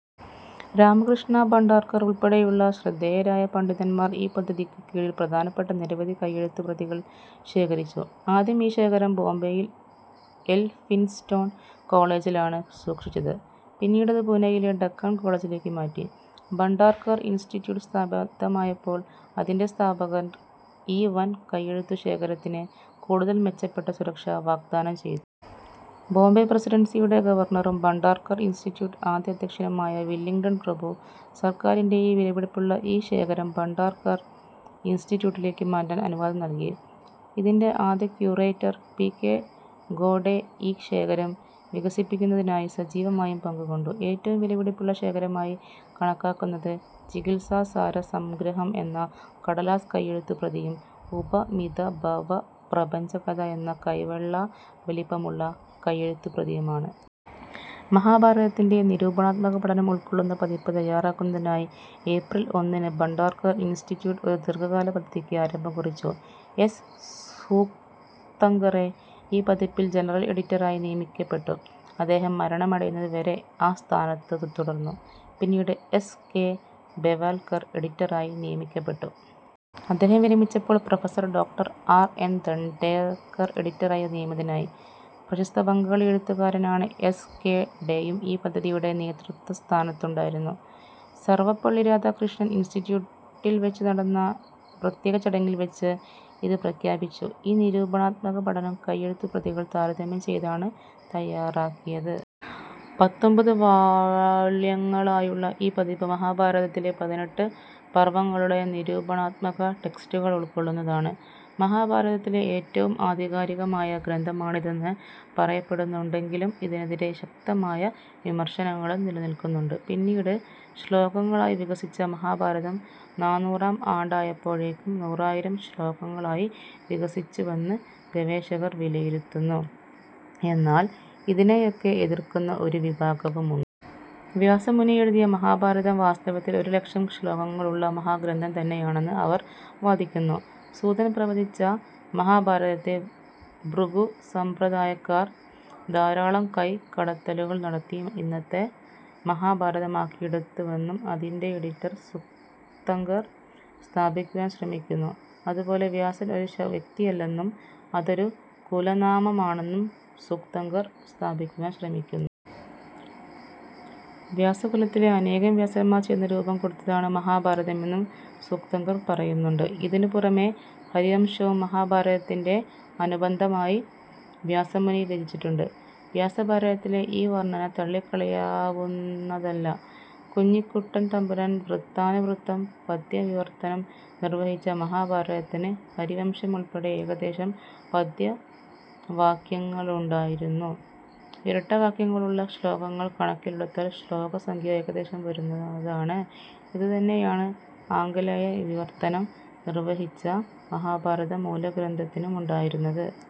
രാമകൃഷ്ണ ഭണ്ഡാർക്കർ ഉൾപ്പെടെയുള്ള ശ്രദ്ധേയരായ പണ്ഡിതന്മാർ ഈ പദ്ധതിക്ക് കീഴിൽ പ്രധാനപ്പെട്ട നിരവധി കൈയെഴുത്തുപ്രതികൾ ശേഖരിച്ചു. ആദ്യം ഈ ശേഖരം ബോംബെയിൽ എൽഫിൻസ്റ്റോൺ കോളേജിലാണ് സൂക്ഷിച്ചത്. പിന്നീട് അത് പൂനെയിലെ ഡക്കാൻ കോളേജിലേക്ക് മാറ്റി. ഭണ്ഡാർക്കർ ഇൻസ്റ്റിറ്റ്യൂട്ട് സ്ഥാപ തമായപ്പോൾ അതിൻ്റെ സ്ഥാപകർ ഈ വൻ കൈയെഴുത്തുശേഖരത്തിന് കൂടുതൽ മെച്ചപ്പെട്ട സുരക്ഷ വാഗ്ദാനം ചെയ്തു. ബോംബെ പ്രസിഡൻസിയുടെ ഗവർണറും ഭണ്ഡാർക്കർ ഇൻസ്റ്റിറ്റ്യൂട് ആദ്യ അധ്യക്ഷയുമായ വില്ലിംഗ്ടൺ പ്രഭു, സർക്കാരിൻ്റെ ഈ വിലപിടിപ്പുള്ള ഈ ശേഖരം ഭണ്ഡാർക്കർ ഇൻസ്റ്റിറ്റ്യൂട്ടിലേക്ക് മാറ്റാൻ അനുവാദം നൽകി. ഇതിൻ്റെ ആദ്യ ക്യൂറേറ്റർ പി. കെ. ഖോഡെ ഈ ശേഖരം വികസിപ്പിക്കുന്നതിനായി സജീവമായി പങ്കുകൊണ്ടു. ഏറ്റവും വിലപിടിപ്പുള്ള ശേഖരമായി കണക്കാക്കുന്നത് ചികിത്സാസാരസംഗ്രഹം എന്ന കടലാസ് കൈയെഴുത്തുപ്രതിയും ഉപമിതഭവപ്രപഞ്ചകഥ എന്ന കൈവെള്ള വലിപ്പമുള്ള കൈയെഴുത്തുപ്രതിയുമാണ്. മഹാഭാരതത്തിൻ്റെ നിരൂപണാത്മക പഠനം ഉൾക്കൊള്ളുന്ന പതിപ്പ് തയ്യാറാക്കുന്നതിനായി ഏപ്രിൽ ഒന്നിന് ഭണ്ഡാർക്കർ ഇൻസ്റ്റിറ്റ്യൂട്ട് ഒരു ദീർഘകാല പദ്ധതിക്ക് ആരംഭം കുറിച്ചു. എസ്. സൂക്തങ്കറെ ഈ പതിപ്പിൽ ജനറൽ എഡിറ്ററായി നിയമിക്കപ്പെട്ടു. അദ്ദേഹം മരണമടയുന്നത് വരെ ആ സ്ഥാനത്ത് തുടർന്നു. പിന്നീട് എസ്. കെ. ബെവാൽക്കർ എഡിറ്ററായി നിയമിക്കപ്പെട്ടു. അദ്ദേഹം വിരമിച്ചപ്പോൾ professor doctor R. N. Dandekar എഡിറ്ററായി നിയമിതനായി. പ്രശസ്ത ബംഗാളി എഴുത്തുകാരനാണു എസ്. കെ. ഡേയും ഈ പദ്ധതിയുടെ നേതൃസ്ഥാനത്തുണ്ടായിരുന്നു. സർവപള്ളി രാധാകൃഷ്ണൻ ഇൻസ്റ്റിറ്റ്യൂട്ടിൽ വെച്ച് നടന്ന പ്രത്യേക ചടങ്ങിൽ വെച്ച് ഇത് പ്രഖ്യാപിച്ചു.ഈ നിരൂപണാത്മക പഠനം കൈയെഴുത്തുപ്രതികൾ താരതമ്യം ചെയ്താണ് തയ്യാറാക്കിയത്. പത്തൊമ്പത് വാള്യങ്ങളായുള്ള ഈ പതിപ്പ് മഹാഭാരതത്തിലെ പതിനെട്ട് പർവ്വങ്ങളുടെ നിരൂപണാത്മക ടെക്സ്റ്റുകൾ ഉൾക്കൊള്ളുന്നതാണ്. മഹാഭാരതത്തിലെ ഏറ്റവും ആധികാരികമായ ഗ്രന്ഥമാണിതെന്ന് പറയപ്പെടുന്നുണ്ടെങ്കിലും ഇതിനെതിരെ ശക്തമായ വിമർശനങ്ങളും നിലനിൽക്കുന്നുണ്ട്. പിന്നീട് ശ്ലോകങ്ങളായി വികസിച്ച മഹാഭാരതം, നാനൂറാം ആണ്ടായപ്പോഴേക്കും നൂറായിരം ശ്ലോകങ്ങളായി വികസിച്ചുവെന്ന് ഗവേഷകർ വിലയിരുത്തുന്നു. എന്നാൽ ഇതിനെയൊക്കെ എതിർക്കുന്ന ഒരു വിഭാഗവുമുൺ വ്യാസമുനി എഴുതിയ മഹാഭാരതം വാസ്തവത്തിൽ ഒരു ലക്ഷം ശ്ലോകങ്ങളുള്ള മഹാഗ്രന്ഥം തന്നെയാണെന്ന് അവർ വാദിക്കുന്നു. സൂതൻ പ്രവചിച്ച മഹാഭാരതത്തെ ഭൃഗു സംപ്രദായക്കാർ ധാരാളം കൈകടത്തലുകൾ നടത്തി ഇന്നത്തെ മഹാഭാരതമാക്കിയെടുത്തുവെന്നും അതിൻ്റെ എഡിറ്റർ സൂക്തങ്കർ സ്ഥാപിക്കുവാൻ ശ്രമിക്കുന്നു. അതുപോലെ വ്യാസൻ ഒരു വ്യക്തിയല്ലെന്നും അതൊരു കുലനാമമാണെന്നും സൂക്തങ്കർ സ്ഥാപിക്കുവാൻ ശ്രമിക്കുന്നു. വ്യാസകുലത്തിലെ അനേകം വ്യാസന്മാർ ചേർന്ന് രൂപം കൊടുത്തതാണ് മഹാഭാരതമെന്നും സൂക്തങ്കർ പറയുന്നുണ്ട്. ഇതിനു പുറമെ ഹരിവംശവും മഹാഭാരതത്തിൻ്റെ അനുബന്ധമായി വ്യാസമുനി രചിച്ചിട്ടുണ്ട്. വ്യാസഭാരതത്തിലെ ഈ വർണന തള്ളിക്കളയാവുന്നതല്ല. കുഞ്ഞിക്കുട്ടൻ തമ്പുരാൻ വൃത്താനുവൃത്തം പദ്യവിവർത്തനം നിർവഹിച്ച മഹാഭാരതത്തിന് ഹരിവംശം ഉൾപ്പെടെ ഏകദേശം പദ്യവാക്യങ്ങളുണ്ടായിരുന്നു. ഇരട്ട വാക്യങ്ങളുള്ള ശ്ലോകങ്ങൾ കണക്കിലെടുത്താൽ ശ്ലോകസംഖ്യ ഏകദേശം വരുന്നതാണ്. ഇതുതന്നെയാണ് ആംഗലേയ വിവർത്തനം നിർവഹിച്ച മഹാഭാരതം മൂലഗ്രന്ഥത്തിനും ഉണ്ടായിരുന്നത്.